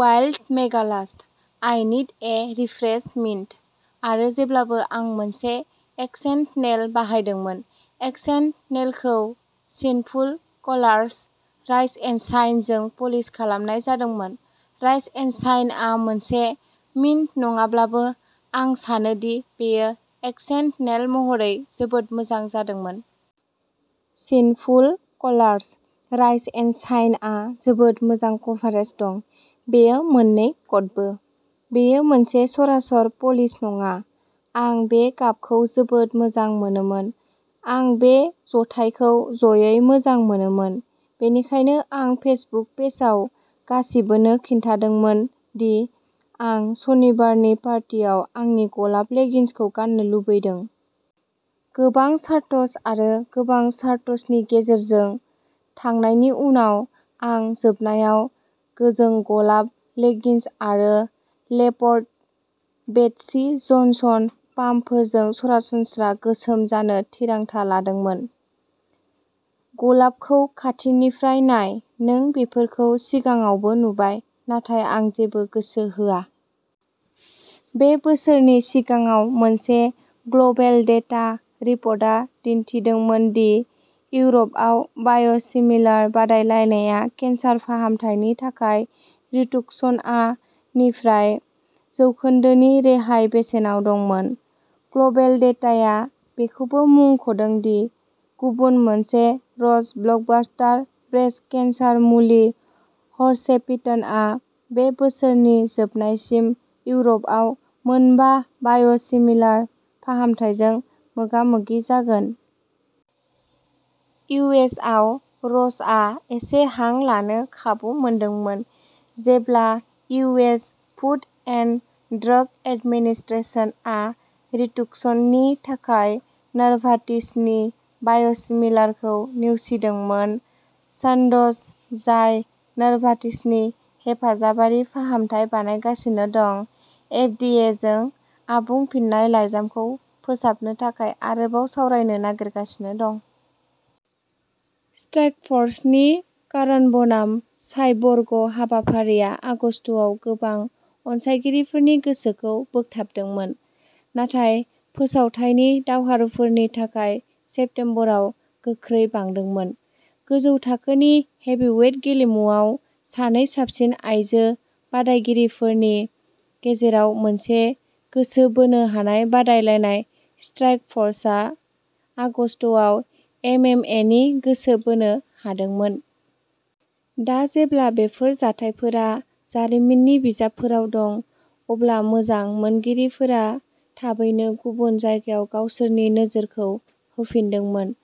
Wild Megalast "I need a refresh mint" आरो जेब्लाबो आं मोनसे एक्सेन्ट नेल बाहायदोंमोन। एक्सेन्ट नेलखौ सिनफुलकलार्स "राइज एन्ड शाइन" जों पलिश खालामनाय जादोंमोन। "राइज एन्ड शाइन" आ मोनसे मिन्ट नङाब्लाबो आं सानो दि बेयो एक्सेन्ट नेल महरै जोबोद मोजां जादोंमोन। सिनफुलकलार्स "राइज एन्ड शाइन" आ जोबोद मोजां कभारेज दं। बेयो मोन्नै कटबो। बेयो मोनसे सरासर पलिश नङा, आं बे गाबखौ जोबोद मोजां मोनोमोन। आं बे जथायखौ ज'यै मोजां मोनोमोन। बेनिखायनो, आं फेसबुक पेजआव गासिबोनो खिन्थादोंमोन दि आं सनिबारनि पार्टियाव आंनि गलाब लेगिंग्सखौ गान्नो लुबैदों। गोबां सार्ट्स आरो गोबां सार्ट्सनि गेजेरजों थांनायनि उनाव आं जोबनायाव गोजों गलाब लेगिंग्स आरो लेपर्ड बेटसी जनसन पाम्पफोरजों सरासनस्रा गोसोम जानो थिरांथा लादोंमोन। गलाबखौ खाथिनिफ्राय नाय। नों बेफोरखौ सिगाङावबो नुबाय, नाथाय आं जेबो गोसो होआ। बे बोसोरनि सिगाङाव मोनसे ग्ल'बेलडेटा रिपर्टआ दिन्थिदोंमोन दि इउर'पआव बाय'सिमिलार बादायलायनाया केन्सार फाहामथायनि थाखाय रितूक्सनआ निफ्राय जौखोन्दोनि रेहाय बेसेनाव दंमोन। ग्ल'बेलडेटाया बेखौबो मुंख'दों दि गुबुन मोनसे र'च ब्लकबास्टार, ब्रेस्ट केन्सार मुलि हर्सेप्टिनआ बे बोसोरनि जोबनायसिम इउर'पआव मोनबा बाय'सिमिलार फाहामथायजों मोगा-मोगि जागोन। इउ. एस. आव, र'चआ एसे हां लानो खाबु मोनदोंमोन जेब्ला U. S. Food and drug administration आ रितूक्सननि थाखाय नभार्टिसनि बाय'सिमिलारखौ नेवसिदोंमोन। सान्द'ज, जाय नभार्टिसनि हेफाजाबारि फाहामथाय बानायगासिनो दं, एफ. डि. ए. जों आबुं फिननाय लायजामखौ फोसाबनो थाखाय आरोबाव सावरायनो नागिरगासिनो दं। स्ट्राइकफ'र्सनि कारान'बनाम साइबर्ग हाबाफारिया आगस्तआव गोबां अनसायगिरिफोरनि गोसोखौ बोगथाबदोंमोन, नाथाय फोसावथायनि दावहारुफोरनि थाखाय सेप्टेम्बराव गोख्रै बांदोंमोन। गोजौ थाखोनि हेभिवेट गेलेमुआव सानै साबसिन आइजो बादायगिरिफोरनि गेजेराव मोनसे गोसो बोनो हानाय बादायलायनाय, स्ट्राइकफर्सआ आगस्तआव एमएमएनि गोसो बोनो हादोंमोन। दा जेब्ला बेफोर जाथायफोरा जारिमिननि बिजाबफोराव दं, अब्ला मोजां मोनगिरिफोरा थाबैनो गुबुन जायगायाव गावसोरनि नोजोरखौ होफिनदोंमोन,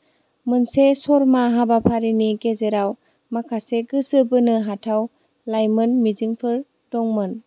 मोनसे श'म्मा हाबाफारिनि गेजेराव माखासे गोसो बोनो हाथाव लाइमोन मिजिंफोर दंमोन।